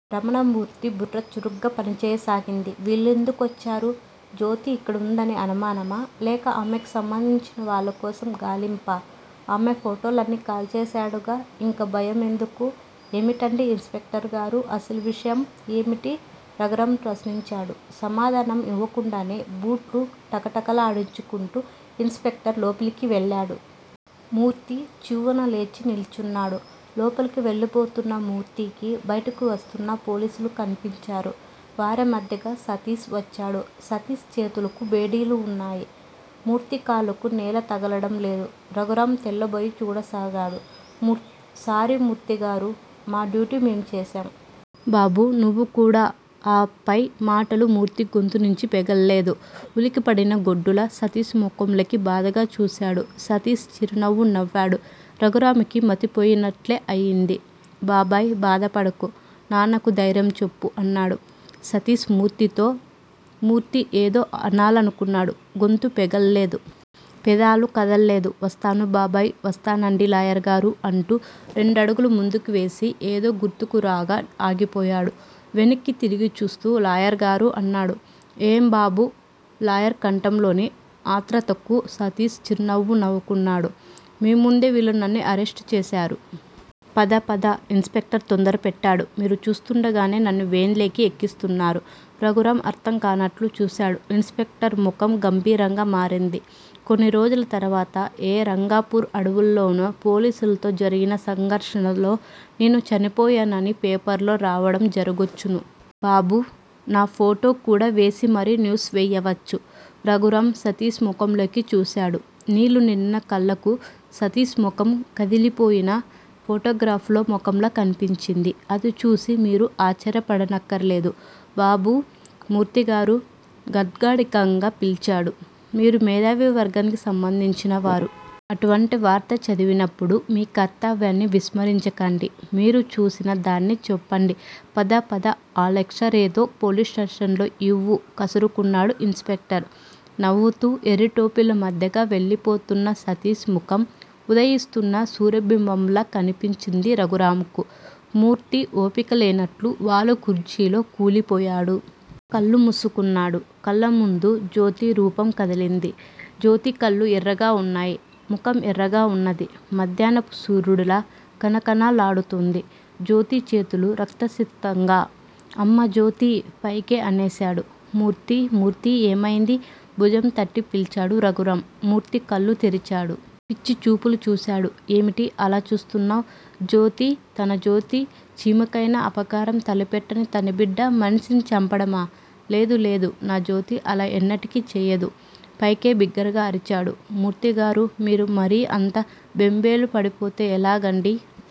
రమణమూర్తి బుర్ర చురుగ్గా పనిచేయసాగింది. వీళ్ళెందుకొచ్చారు? జ్యోతి ఇక్కడ వుందని అనుమానమా? లేక ఆమెకు సంబంధించిన వాళ్ళకోసం గాలింపా? ఆమె ఫోటోలన్నీ కాల్చేశాడుగా? ఇంక భయం ఎందుకూ? ఏమిటండీ ఇన్ స్పెక్టర్ గారూ! అసలు విషయం ఏమిటి? రఘురాం ప్రశ్నించాడు. సమాధానం ఇవ్వకుండానే బూట్లు టకటకలాడించుకుంటూ ఇన్ స్పెక్టర్ లోపిలికి వెళ్ళాడు. మూర్తి చివ్వున లేచి నిల్చున్నాడు. లోపలకు వెళ్ళబోతున్న మూర్తీకి బయటకు వస్తున్న పోలీసులు కన్పిచ్చారు. వార మధ్యగా సతీస్ వచ్చాడు. సతీస్ చేతులకు బేడీలు ఉన్నాయి. మూర్తి కాళ్ళకు నేల తగలడం లేదు. రఘురాం తెల్లబోయి చూడసాగాడు. సారీ మూర్తిగారూ! మా డ్యూటీ మేం చేశాం! బాబూ! నువ్వు కూడా- ఆ పై మాటలు మూర్తి గొంతునుంచి పెగల్లేదు. ఉలిక్కిపడిన గొడ్డులా సతీస్ ముఖంలోకి బాధగా చూశాడు. సతీస్ చిరునవ్వు నవ్వాడు. రఘురాంకి మతిపోయినట్లే అయింది. బాబాయ్! బాధపడకు! నాన్నకు ధైర్యం చెప్పు! అన్నాడు సతీస్ మూర్తితో. మూర్తి ఏదో అనాలనుకున్నాడు. గొంతు పెగల్లేదు. పెదాలు కదల్లేదు. వస్తాను బాబాయ్! వస్తానండీ లాయర్ గారూ! అంటూ రెండడుగులు ముందుకు వేసి ఏదో గుర్తుకు రాగా ఆగిపోయాడు. వెనక్కి తిరిగి చూస్తూ లాయర్ గారూ! అన్నాడు. ఏం బాబూ! లాయర్ కంఠంలోని ఆత్రతకు సతీస్ చిరునవ్వు నవ్వుకున్నాడు. మీ ముందే వీళ్లు నన్ని అరెస్ట్ చేశారు. పద పద! ఇన్ స్పెక్టర్ తొందరపెట్టాడు. మీరు చూస్తుండగానే నన్ను వేన్ లేకి ఎక్కిస్తున్నారు. రఘురాం అర్థం కానట్లు చూశాడు. ఇన్ స్పెక్టర్ ముఖం గంభీరంగా మారింది. కొన్ని రోజుల తర్వాత ఏ 'రంగాపూర్' అడవుల్లోనో పోలీసులతో జరిగిన సంఘర్షణలో నేను చనిపోయానని పేపర్లో రావడం జరగొచ్చును. బాబూ! నా ఫోటో కూడా వేసి మరీ న్యూస్ వెయ్యవచ్చు! రఘురాం సతీస్ ముఖంలోకి చూశాడు. నీళ్లు నిండిన కళ్ళకు సతీస్ ముఖం కదిలిపోయిన ఫోటోగ్రాఫ్ లో ముఖంలా కన్పించింది. అది చూసి మీరు ఆశ్చర్యపడనక్కరలేదు. బాబూ! మూర్తిగారు గాద్గాడికంగా పిల్చాడు. మీరు మేధావి వర్గానికి సంబంధించిన వారు. అటువంటి వార్త చదివినప్పుడు మీ కర్తవ్యాన్ని విస్మరించకండి! మీరు చూసిన దాన్ని చెప్పండి. పద పద! ఆ లెక్చరేదో పోలీసుస్టేషన్ లో ఇవ్వు! కసురుకున్నాడు ఇన్ స్పెక్టర్. నవ్వుతూ ఎర్రిటోపీల మధ్యగా వెళ్లిపోతున్న సతీష్ ముఖం ఉదయిస్తున్న సూర్యబింబంలా కనిపించింది రఘురాంకు. మూర్తి వోపికలేనట్లు వాలుకుర్చీలో కూలిపోయాడు. కళ్ళు మూసుకున్నాడు. కళ్ళముందు జ్యోతీ రూపం కదిలింది. జ్యోతి కళ్ళు ఎర్రగా వున్నాయి. ముఖం ఎర్రగా వున్నది. మధ్యానపు సూర్యుడులా కణకణ లాడుతుంది. జ్యోతి చేతులు రక్తసిక్తంగా- అమ్మా! జ్యోతీ! పైకే అనేశాడు. మూర్తీ! మూర్తీ! ఏమైంది? భుజం తట్టి పిల్చాడు రఘురాం. మూర్తి కళ్ళు తెరిచాడు. పిచ్చి చూపులు చూశాడు. ఏమిటి అలా చూస్తున్నావ్? జ్యోతి తన జ్యోతి చీమకైనా అపకారం తలపెట్టని తన బిడ్డ మనిసిని చంపడమా? లేదు. లేదు. నా జ్యోతి అలా ఎన్నటికీ చెయ్యదు. పైకే బిగ్గరగా అరిచాడు. మూర్తిగారూ! మీరు మరీ అంత బెంబేలు పడిపోతే ఎలాగండీ!